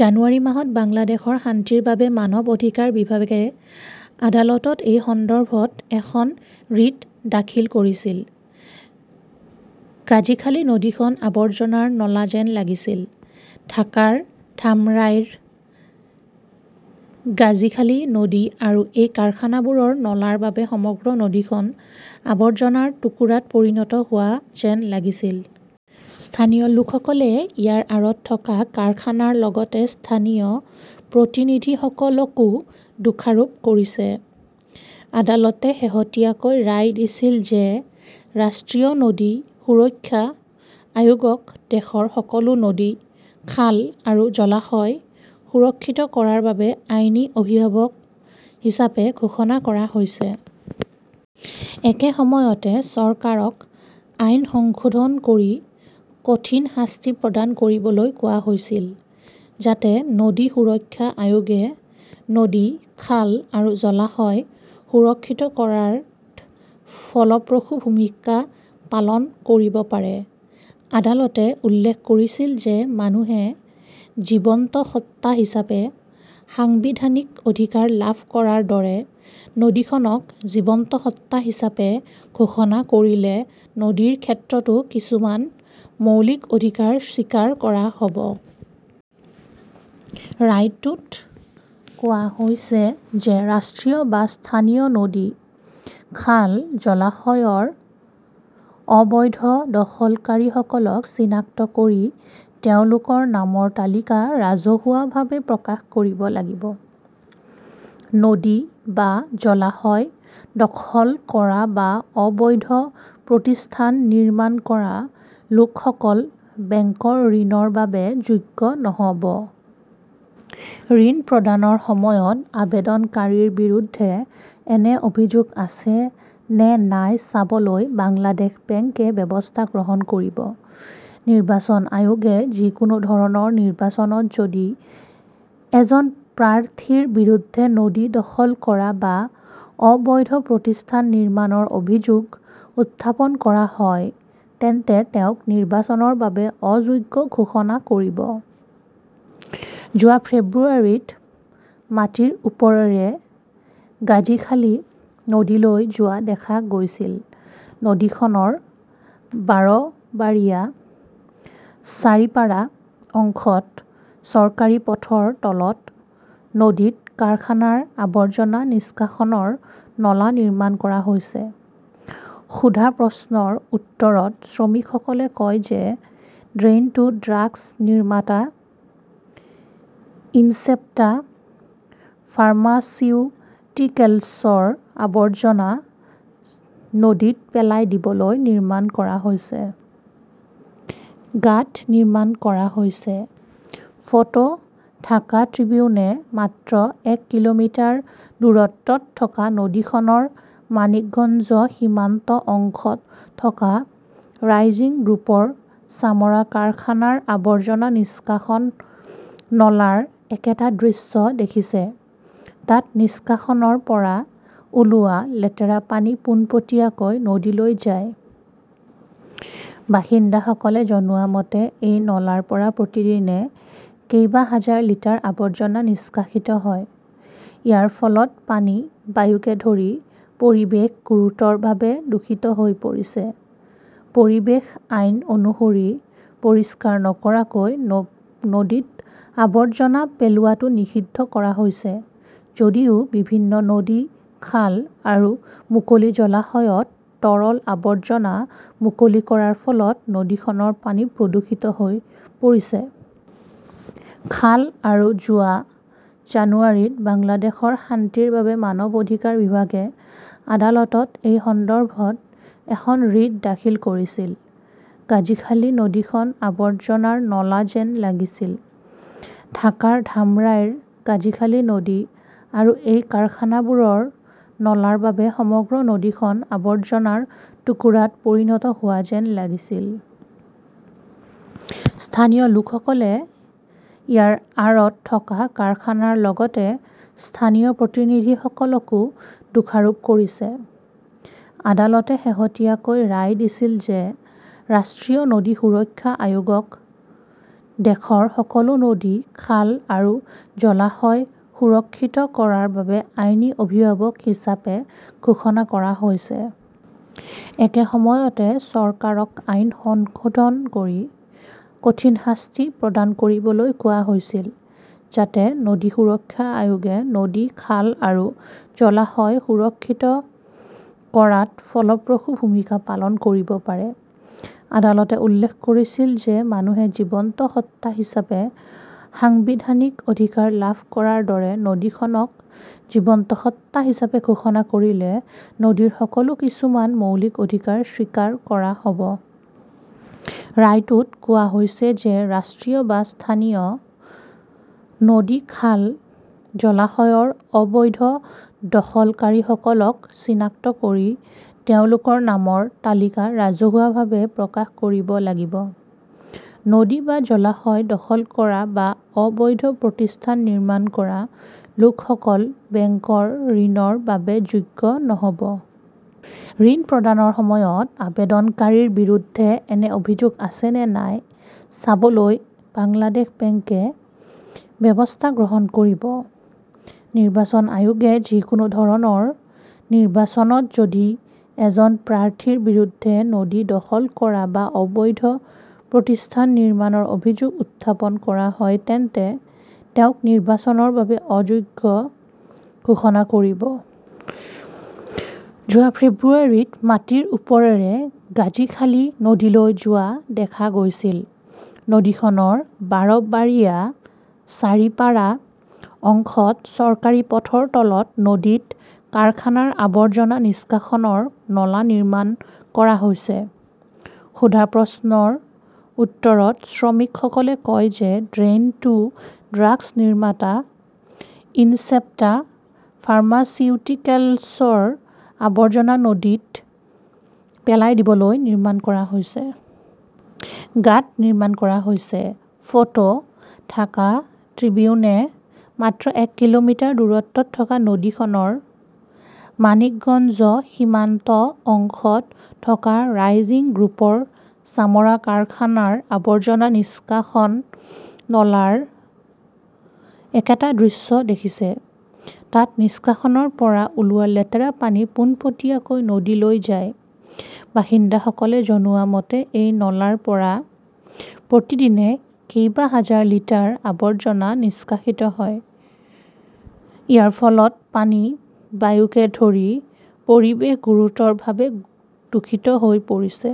জানুৱাৰী মাহত বাংলাদেশৰ শান্তিৰ বাবে মানৱ অধিকাৰ বিভাগে আদালতত এই সন্দৰ্ভত এখন ৰিট দাখিল কৰিছিল। গাজীখালী নদীখন আৱৰ্জনাৰ নলা যেন লাগিছিল। ঢাকাৰ ধামৰাইৰ গাজীখালী নদী, আৰু এই কাৰখানাবোৰৰ নলাৰ বাবে সমগ্ৰ নদীখন আৱৰ্জনাৰ টুকুৰাত পৰিণত হোৱা যেন লাগিছিল। স্থানীয় লোকসকলে ইয়াৰ আৰত থকা কাৰখানাৰ লগতে স্থানীয় প্ৰতিনিধিসকলকো দোষাৰোপ কৰিছে। আদালতে শেহতীয়াকৈ ৰায় দিছিল যে ৰাষ্ট্ৰীয় নদী সুৰক্ষা আয়োগক দেশৰ সকলো নদী, খাল আৰু জলাশয় সুৰক্ষিত কৰাৰ বাবে 'আইনী অভিভাৱক হিচাপে ঘোষণা কৰা হৈছে। একে সময়তে, চৰকাৰক আইন সংশোধন কৰি 'কঠিন শাস্তি প্ৰদান কৰিবলৈ কোৱা হৈছিল যাতে নদী সুৰক্ষা আয়োগে নদী, খাল আৰু জলাশয় সুৰক্ষিত কৰাত ফলপ্ৰসূ ভূমিকা পালন কৰিব পাৰে। আদালতে উল্লেখ কৰিছিল যে মানুহে জীৱন্ত সত্তা হিচাপে সাংবিধানিক অধিকাৰ লাভ কৰাৰ দৰে, নদীখনক 'জীৱন্ত সত্তা হিচাপে ঘোষণা কৰিলে নদীৰ ক্ষেত্ৰতো কিছুমান মৌলিক অধিকাৰ স্বীকাৰ কৰা হ'ব। ৰায়টোত কোৱা হৈছে যে ৰাষ্ট্ৰীয় বা স্থানীয়- নদী, খাল, জলাশয়ৰ অবৈধ দখলকাৰীসকলক চিনাক্ত কৰি তেওঁলোকৰ নামৰ তালিকা ৰাজহুৱাভাৱে প্ৰকাশ কৰিব লাগিব। নদী বা জলাশয় দখল কৰা বা অবৈধ প্ৰতিষ্ঠান নিৰ্মাণ কৰা লোকসকল বেংকৰ ঋণৰ বাবে যোগ্য নহ 'ব। ঋণ প্ৰদানৰ সময়ত আবেদনকাৰীৰ বিৰুদ্ধে এনে অভিযোগ আছে নে নাই চাবলৈ বাংলাদেশ বেংকে ব্যৱস্থা গ্ৰহণ কৰিব।. নিৰ্বাচন আয়োগে যিকোনো ধৰণৰ নিৰ্বাচনত যদি এজন প্ৰাৰ্থীৰ বিৰুদ্ধে নদী দখল কৰা বা অবৈধ প্ৰতিষ্ঠান নিৰ্মাণৰ অভিযোগ উত্থাপন কৰা হয় তেন্তে তেওঁক নিৰ্বাচনৰ বাবে অযোগ্য ঘোষণা কৰিব। যোৱা ফেব্ৰুৱাৰীত মাটিৰ ওপৰেৰে গাজীখালী নদীলৈ যোৱা দেখা গৈছিল, নদীখনৰ বাৰবাৰিয়া-চাৰিপাৰা অংশত চৰকাৰী পথৰ তলত নদীত কাৰখানাৰ আৱৰ্জনা নিষ্কাশনৰ নলা নিৰ্মাণ কৰা হৈছে। সোধা প্ৰশ্নৰ উত্তৰত শ্ৰমিকসকলে কয় যে ড্ৰেইনটো ড্ৰাগছ নিৰ্মাতা ইনচেপ্টা ফাৰ্মাচিউটিকেলছৰ আৱৰ্জনা নদীত পেলাই দিবলৈ নিৰ্মাণ কৰা হৈছে। গাঁত নিৰ্মাণ কৰা হৈছে। ফটো ঢাকা ট্ৰিবিউনে মাত্ৰ এক কিলোমিটাৰ দূৰত্বত থকা নদীখনৰ মানিকগঞ্জ সীমান্ত অংশত থকা ৰাইজিং গ্ৰুপৰ চামৰা কাৰখানাৰ আৱৰ্জনা নিষ্কাশন নলাৰ একেটা দৃশ্য দেখিছে। তাত নিষ্কাশনৰ পৰা ওলোৱা লেতেৰা পানী পোনপটীয়াকৈ নদীলৈ যায়। বাসিন্দাসকলে জনোৱা মতে এই নলাৰ পৰা প্ৰতিদিনে কেইবা হাজাৰ লিটাৰ আৱৰ্জনা নিষ্কাশিত হয়। ইয়াৰ ফলত পানী, বায়ুকে ধৰি পৰিৱেশ গুৰুতৰভাৱে দূষিত হৈ পৰিছে। পৰিৱেশ আইন অনুসৰি, পৰিষ্কাৰ নকৰাকৈ নদীত আৱৰ্জনা পেলোৱাটো নিষিদ্ধ কৰা হৈছে যদিও বিভিন্ন নদী, খাল আৰু মুকলি জলাশয়ত তৰল আৱৰ্জনা মুকলি কৰাৰ ফলত নদীখনৰ পানী প্ৰদূষিত হৈ পৰিছে। খাল আৰু"যোৱা জানুৱাৰীত বাংলাদেশৰ শান্তিৰ বাবে মানৱ অধিকাৰ বিভাগে আদালতত এই সন্দৰ্ভত এখন ৰিট দাখিল কৰিছিল। গাজীখালী নদীখন আৱৰ্জনাৰ নলা যেন লাগিছিল! ঢাকাৰ ধামৰাইৰ গাজীখালী নদী। আৰু এই কাৰখানাবোৰৰ নলাৰ বাবে সমগ্ৰ নদীখন আৱৰ্জনাৰ টুকুৰাত পৰিণত হোৱা যেন লাগিছিল। স্থানীয় লোকসকলে ইয়াৰ আঁৰত থকা কাৰখানাৰ লগতে স্থানীয় প্ৰতিনিধিসকলকো দোষাৰোপ কৰিছে। আদালতে শেহতীয়াকৈ ৰায় দিছিল যে ৰাষ্ট্ৰীয় নদী সুৰক্ষা আয়োগক দেশৰ সকলো নদী, খাল আৰু জলাশয় সুৰক্ষিত কৰাৰ বাবে 'আইনী অভিভাৱক ""হিচাপে ঘোষণা কৰা হৈছে। একে সময়তে, চৰকাৰক আইন সংশোধন কৰি 'কঠিন শাস্তি ""প্ৰদান কৰিবলৈ কোৱা হৈছিল যাতে নদী সুৰক্ষা আয়োগে নদী, খাল আৰু জলাশয় সুৰক্ষিত কৰাত ফলপ্ৰসূ ভূমিকা পালন কৰিব পাৰে। আদালতে উল্লেখ কৰিছিল যে মানুহে জীৱন্ত সত্তা হিচাপে সাংবিধানিক অধিকাৰ লাভ কৰাৰ দৰে, নদীখনক 'জীৱন্ত সত্তা ""হিচাপে ঘোষণা কৰিলে নদীৰ ক্ষেত্ৰতো কিছুমান মৌলিক অধিকাৰ স্বীকাৰ কৰা হ' ব। ৰায়টোত কোৱা হৈছে যে ৰাষ্ট্ৰীয় বা স্থানীয়-. নদী, খাল, জলাশয়ৰ অবৈধ দখলকাৰীসকলক চিনাক্ত কৰি তেওঁলোকৰ নামৰ তালিকা ৰাজহুৱাভাৱে প্ৰকাশ কৰিব লাগিব।. নদী বা জলাশয় দখল কৰা বা অবৈধ প্ৰতিষ্ঠান নিৰ্মাণ কৰা লোকসকল বেংকৰ ঋণৰ বাবে যোগ্য নহ 'ব। ঋণ প্ৰদানৰ সময়ত আবেদনকাৰীৰ বিৰুদ্ধে এনে অভিযোগ আছে নে নাই চাবলৈ বাংলাদেশ বেংকে ব্যৱস্থা গ্ৰহণ কৰিব।. নিৰ্বাচন আয়োগে যিকোনো ধৰণৰ নিৰ্বাচনত যদি এজন প্ৰাৰ্থীৰ বিৰুদ্ধে নদী দখল কৰা বা অবৈধ প্ৰতিষ্ঠান নিৰ্মাণৰ অভিযোগ উত্থাপন কৰা হয় তেন্তে তেওঁক নিৰ্বাচনৰ বাবে অযোগ্য ঘোষণা কৰিব। যোৱা ফেব্ৰুৱাৰীত মাটিৰ ওপৰেৰে গাজীখালী নদীলৈ যোৱা দেখা গৈছিল, নদীখনৰ বাৰবাৰিয়া-চাৰিপাৰা অংশত চৰকাৰী পথৰ তলত নদীত কাৰখানাৰ আৱৰ্জনা নিষ্কাশনৰ নলা নিৰ্মাণ কৰা হৈছে। সোধা প্ৰশ্নৰ উত্তৰত শ্ৰমিকসকলে কয় যে ড্ৰেইনটো ড্ৰাগছ নিৰ্মাতা ইনচেপ্টা ফাৰ্মাচিউটিকেলছৰ আৱৰ্জনা নদীত পেলাই দিবলৈ নিৰ্মাণ কৰা হৈছে। গাঁত নিৰ্মাণ কৰা হৈছে। ফটো ,ঢাকা ট্ৰিবিউনে মাত্ৰ এক কিলোমিটাৰ দূৰত্বত থকা নদীখনৰ মানিকগঞ্জ সীমান্ত অংশত থকা ৰাইজিং গ্ৰুপৰ চামৰা কাৰখানাৰ আৱৰ্জনা নিষ্কাশন নলাৰ একেটা দৃশ্য দেখিছে। তাত নিষ্কাশনৰ পৰা ওলোৱা লেতেৰা পানী পোনপটীয়াকৈ নদীলৈ যায়। বাসিন্দাসকলে জনোৱা মতে এই নলাৰ পৰা প্ৰতিদিনে কেইবা হাজাৰ লিটাৰ আৱৰ্জনা নিষ্কাশিত হয়। ইয়াৰ ফলত পানী, বায়ুকে ধৰি পৰিৱেশ গুৰুতৰভাৱে দূষিত হৈ পৰিছে।